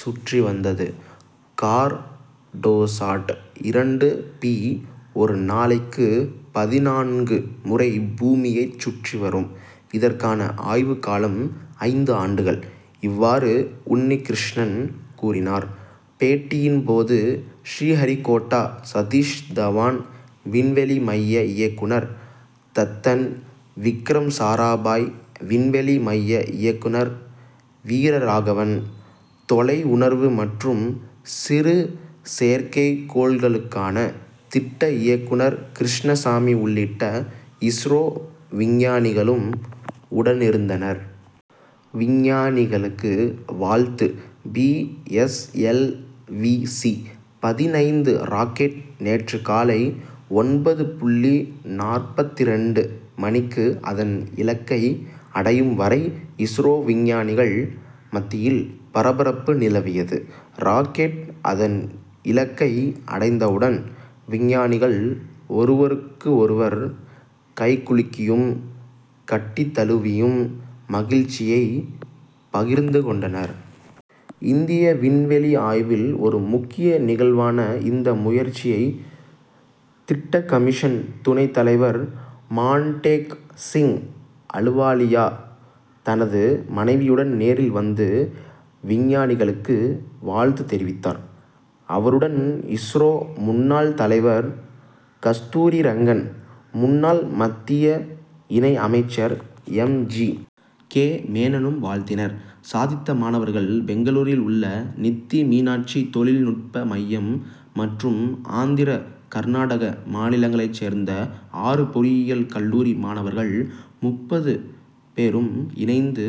சுற்றி வந்தது. கார்டோசாட் இரண்டு பி ஒரு நாளைக்கு பதினான்கு முறை பூமியைச் சுற்றி வரும்; இதற்கான ஆய்வுக்காலம் ஐந்து ஆண்டுகள். இவ்வாறு உன்னிகிருஷ்ணன் கூறினார். பேட்டியின் போது ஸ்ரீஹரிகோட்டா சதீஷ் தவான் விண்வெளி மைய இயக்குனர் தத்தன், விக்ரம் சாராபாய் விண்வெளி மைய இயக்குனர் வீரராகவன், தொலை உணர்வு மற்றும் சிறு செயற்கைக்கோள்களுக்கான திட்ட இயக்குனர் கிருஷ்ணசாமி உள்ளிட்ட இஸ்ரோ விஞ்ஞானிகளும் உடனிருந்தனர். விஞ்ஞானிகளுக்கு வாழ்த்து பி. எஸ். எல். வி., சி-பதினைந்து ராக்கெட் நேற்று காலை ஒன்பது புள்ளி நாற்பத்திரண்டு மணிக்கு அதன் இலக்கை அடையும் வரை, இஸ்ரோ விஞ்ஞானிகள் மத்தியில் பரபரப்பு நிலவியது. ராக்கெட் அதன் இலக்கை அடைந்தவுடன், விஞ்ஞானிகள் ஒருவருக்கு ஒருவர் கைகுலுக்கியும், கட்டித் தழுவியும் மகிழ்ச்சியை பகிர்ந்து கொண்டனர். இந்திய விண்வெளி ஆய்வில் ஒரு முக்கிய நிகழ்வான இந்த முயற்சியை, திட்டக்கமிஷன் துணைத் தலைவர் மான்டேக் சிங் அலுவாலியா தனது மனைவியுடன் நேரில் வந்து, விஞ்ஞானிகளுக்கு வாழ்த்து தெரிவித்தார். அவருடன் இஸ்ரோ முன்னாள் தலைவர் கஸ்தூரி ரங்கன், முன்னாள் மத்திய இணை அமைச்சர் எம். ஜி. கே. மேனனும் வாழ்த்தினர். சாதித்த மாணவர்கள் பெங்களூரில் உள்ள நித்தி மீனாட்சி தொழில்நுட்ப மையம் மற்றும் ஆந்திர, கர்நாடக மாநிலங்களைச் சேர்ந்த ஆறு பொறியியல் கல்லூரி மாணவர்கள் முப்பது பேரும் இணைந்து,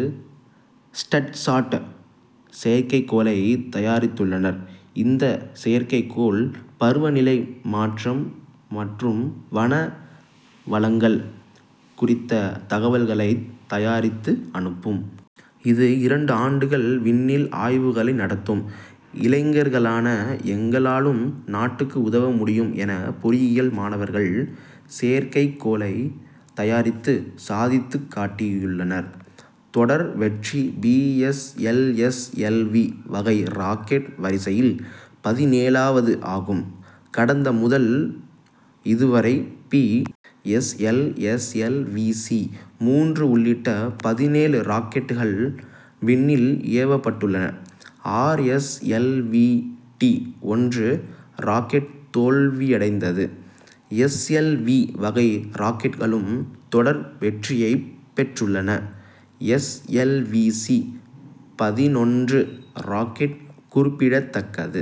ஸ்டட்சாட் செயற்கைக்கோளை தயாரித்துள்ளனர். இந்த செயற்கைக்கோள், பருவ நிலை மாற்றம் மற்றும் வன வளங்கள் குறித்த தகவல்களைத் தயாரித்து அனுப்பும். இது, இரண்டு ஆண்டுகள் விண்ணில் ஆய்வுகளை நடத்தும். இளைஞர்களான எங்களாலும் நாட்டுக்கு உதவ முடியும் என பொறியியல் மாணவர்கள், செயற்கைக்கோளை தயாரித்து சாதித்துக் காட்டியுள்ளனர். தொடர் வெற்றி P. S. L. S. L. V., வகை ராக்கெட் வரிசையில் பதினேழாவது ஆகும். கடந்த முதல் இதுவரை, P. S. L. S. L. V., சி-மூன்று உள்ளிட்ட பதினேழு ராக்கெட்கள் விண்ணில் ஏவப்பட்டுள்ளன. R. S. L. V., D ஒன்று ராக்கெட் தோல்வியடைந்தது. எஸ். எல். வி., வகை ராக்கெட்களும் தொடர் வெற்றியைப் பெற்றுள்ளன. எஸ். எல். வி., சி-பதினொன்று ராக்கெட் குறிப்பிடத்தக்கது.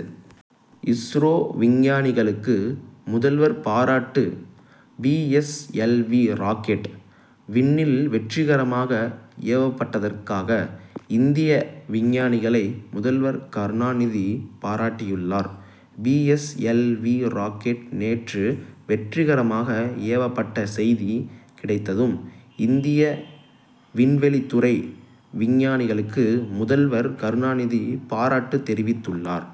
இஸ்ரோ விஞ்ஞானிகளுக்கு முதல்வர் பாராட்டு P. S. L. V., rocket, விண்ணில் வெற்றிகரமாக ஏவப்பட்டதற்காக, இந்திய விஞ்ஞானிகளை முதல்வர் கருணாநிதி பாராட்டியுள்ளார். B. S. L. V., rocket நேற்று வெற்றிகரமாக ஏவப்பட்ட செய்தி கிடைத்ததும், இந்திய விண்வெளித் துறை விஞ்ஞானிகளுக்கு முதல்வர் கருணாநிதி பாராட்டு தெரிவித்துள்ளார்.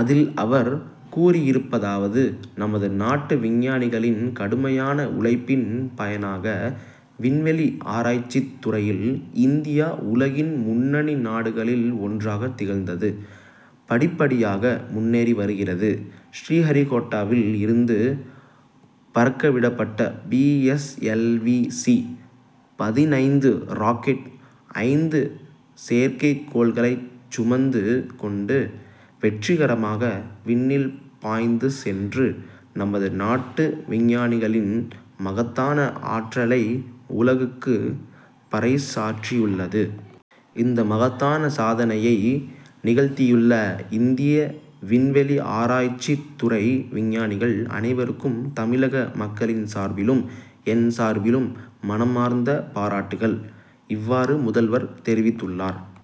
அதில் அவர் கூறியிருப்பதாவது நமது நாட்டு விஞ்ஞானிகளின் கடுமையான உழைப்பின் பயனாக விண்வெளி ஆராய்ச்சித் துறையில் இந்தியா உலகின் முன்னணி நாடுகளில் ஒன்றாக திகழ்ந்து, படிப்படியாக முன்னேறி வருகிறது. ஸ்ரீஹரிகோட்டாவில் இருந்து பறக்கவிடப்பட்ட P. S. L. V., C- பதினைந்து ராக்கெட் ஐந்து செயற்கைக்கோள்களைச் சுமந்து கொண்டு வெற்றிகரமாக விண்ணில் பாய்ந்து சென்று, நமது நாட்டு விஞ்ஞானிகளின் மகத்தான ஆற்றலை உலகுக்கு பறைசாற்றியுள்ளது. இந்த மகத்தான சாதனையை நிகழ்த்தியுள்ள இந்திய விண்வெளி ஆராய்ச்சித் துறை விஞ்ஞானிகள் அனைவருக்கும் தமிழக மக்களின் சார்பிலும், என் சார்பிலும் மனமார்ந்த பாராட்டுக்கள். இவ்வாறு முதல்வர் தெரிவித்துள்ளார்.